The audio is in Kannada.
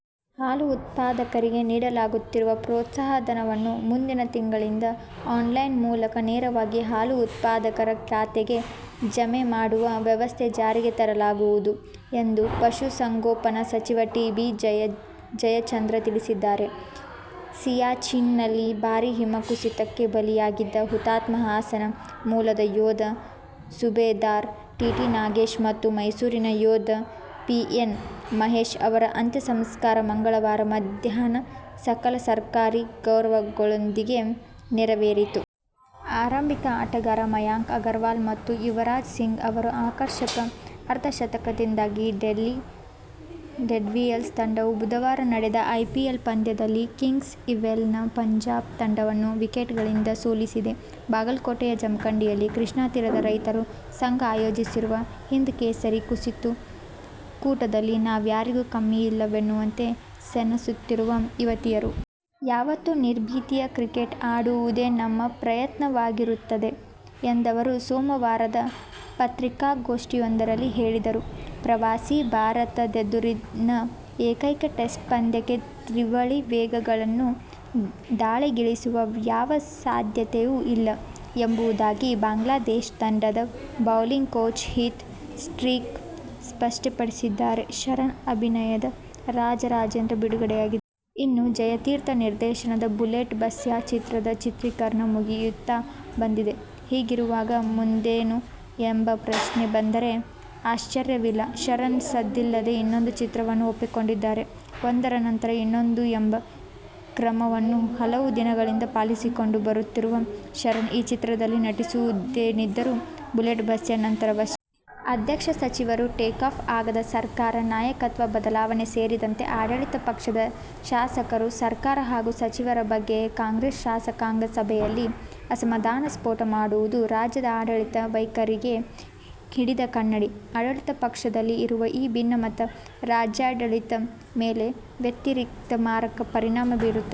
ಹಾಲು ಉತ್ಪಾದಕರಿಗೆ ನೀಡಲಾಗುತ್ತಿರುವ ಪ್ರೋತ್ಸಾಹಧನವನ್ನು ಮುಂದಿನ ತಿಂಗಳಿಂದ ಆನ್ಲೈನ್ ಮೂಲಕ ನೇರವಾಗಿ ಹಾಲು ಉತ್ಪಾದಕರ ಖಾತೆಗೆ ಜಮೆ ಮಾಡುವ ವ್ಯವಸ್ಥೆ ಜಾರಿಗೆ ತರಲಾಗುವುದು ಎಂದು ಪಶುಸಂಗೋಪನಾ ಸಚಿವ ಟಿ. ಬಿ. ಜಯಚಂದ್ರ ತಿಳಿಸಿದ್ದಾರೆ. ಸಿಯಾಚಿನ್ ನಲ್ಲಿ ಭಾರೀ ಹಿಮಕುಸಿತಕ್ಕೆ ಬಲಿಯಾಗಿದ್ದ ಹುತಾತ್ಮ ಹಾಸನ ಮೂಲದ ಯೋಧ ಸುಬೇದಾರ್ ಟಿಟಿ ನಾಗೇಶ್ ಮತ್ತು ಮೈಸೂರಿನ ಯೋಧ ಪಿಎನ್ ಮಹೇಶ್ ಅವರ ಅಂತ್ಯಸಂಸ್ಕಾರ ಮಂಗಳವಾರ ಮಧ್ಯಾಹ್ನ ಸಕಲ ಸರ್ಕಾರಿ ಗೌರವಗಳೊಂದಿಗೆ ನೆರವೇರಿತು. ಆರಂಭಿಕ ಆಟಗಾರ ಮಯಾಂಕ್ ಅಗರ್ವಾಲ್ ಮತ್ತು ಯುವರಾಜ್ ಸಿಂಗ್ ಅವರ ಆಕರ್ಷಕ ಅರ್ಧಶತಕದಿಂದಾಗಿ ಡೆಲ್ಲಿ ಡೇರ್ಡೆವಿಲ್ಸ್ ತಂಡವು ಬುಧವಾರ ನಡೆದ ಐಪಿಎಲ್ ಪಂದ್ಯದಲ್ಲಿ ಕಿಂಗ್ಸ್ ಇಲೆವನ್ ಪಂಜಾಬ್ ತಂಡವನ್ನು ವಿಕೆಟ್ಗಳಿಂದ ಸೋಲಿಸಿದೆ. ಬಾಗಲಕೋಟೆಯ ಜಮಖಂಡಿಯಲ್ಲಿ ಕೃಷ್ಣಾತೀರದ ರೈತರ ಸಂಘ ಆಯೋಜಿಸಿರುವ 'ಹಿಂದ್ ಕೇಸರಿ' ಕುಸ್ತಿ ಕೂಟದಲ್ಲಿ ನಾವ್ ಯಾರಿಗೂ ಕಮ್ಮಿ ಇಲ್ಲವೆನ್ನುವಂತೆ ಸೆಣಸುತ್ತಿರುವ ಯುವತಿಯರು. ಯಾವತ್ತೂ ನಿರ್ಭೀತಿಯ ಕ್ರಿಕೆಟ್ ಆಡುವುದೇ ನಮ್ಮ ಪ್ರಯತ್ನವಾಗಿರುತ್ತದೆ ಎಂದವರು ಸೋಮವಾರದ ಪತ್ರಿಕಾಗೋಷ್ಠಿಯೊಂದರಲ್ಲಿ ಹೇಳಿದರು. ಪ್ರವಾಸಿ ಭಾರತದೆದುರಿನ ಏಕೈಕ ಟೆಸ್ಟ್ ಪಂದ್ಯಕ್ಕೆ ತ್ರಿವಳಿ ವೇಗಿಗಳನ್ನು ದಾಳಿಗಿಳಿಸುವ ಯಾವ ಸಾಧ್ಯತೆಯೂ ಇಲ್ಲ ಎಂಬುದಾಗಿ ಬಾಂಗ್ಲಾದೇಶ ತಂಡದ ಬೌಲಿಂಗ್ ಕೋಚ್ ಹೀತ್ ಸ್ಟ್ರೀಕ್ ಸ್ಪಷ್ಟಪಡಿಸಿದ್ದಾರೆ. ಶರಣ್ ಅಭಿನಯದ "ರಾಜ ರಾಜೇಂದ್ರ' ಬಿಡುಗಡೆಯಾಗಿದೆ. ಇನ್ನು ಜಯತೀರ್ಥ ನಿರ್ದೇಶನದ "ಬುಲೆಟ್ ಬಸ್ಯ' ಚಿತ್ರದ ಚಿತ್ರೀಕರಣ ಮುಗಿಯುತ್ತಾ ಬಂದಿದೆ. ಹೀಗಿರುವಾಗ ಮುಂದೇನು ಎಂಬ ಪ್ರಶ್ನೆ ಬಂದರೆ ಆಶ್ಚರ್ಯವಿಲ್ಲ. ಶರಣ್ ಸದ್ದಿಲ್ಲದೆ ಇನ್ನೊಂದು ಚಿತ್ರವನ್ನು ಒಪ್ಪಿಕೊಂಡಿದ್ದಾರೆ. ಒಂದರ ನಂತರ ಇನ್ನೊಂದು ಎಂಬ ಕ್ರಮವನ್ನು ಹಲವು ದಿನಗಳಿಂದ ಪಾಲಿಸಿಕೊಂಡು ಬರುತ್ತಿರುವ ಶರಣ್, ಈ ಚಿತ್ರದಲ್ಲಿ ನಟಿಸುವುದೇನಿದ್ದರೂ "ಬುಲೆಟ್ ಬಸ್ಯ' ನಂತರವಷ್ಟೇ. "ಅದಕ್ಷ ಸಚಿವರು, ಟೇಕ್ ಆಫ್ ಆಗದ ಸರ್ಕಾರ, ನಾಯಕತ್ವ ಬದಲಾವಣೆ ಸೇರಿದಂತೆ ಆಡಳಿತ ಪಕ್ಷದ ಶಾಸಕರು ಸರ್ಕಾರ ಹಾಗೂ ಸಚಿವರ ಬಗ್ಗೆಯೇ ಕಾಂಗ್ರೆಸ್ ಶಾಸಕಾಂಗ ಸಭೆಯಲ್ಲಿ ಅಸಮಾಧಾನ ಸ್ಫೋಟ ಮಾಡುವುದು ರಾಜ್ಯದ ಆಡಳಿತ ವೈಖರಿಗೆ ಹಿಡಿದ ಕನ್ನಡಿ. ಆಡಳಿತ ಪಕ್ಷದಲ್ಲಿ ಇರುವ ಈ ಭಿನ್ನಮತ ರಾಜ್ಯಾಡಳಿತದ ಮೇಲೆ ವ್ಯತಿರಿಕ್ತ ಮಾರಕ ಪರಿಣಾಮ ಬೀರುತ್ತಿದೆ.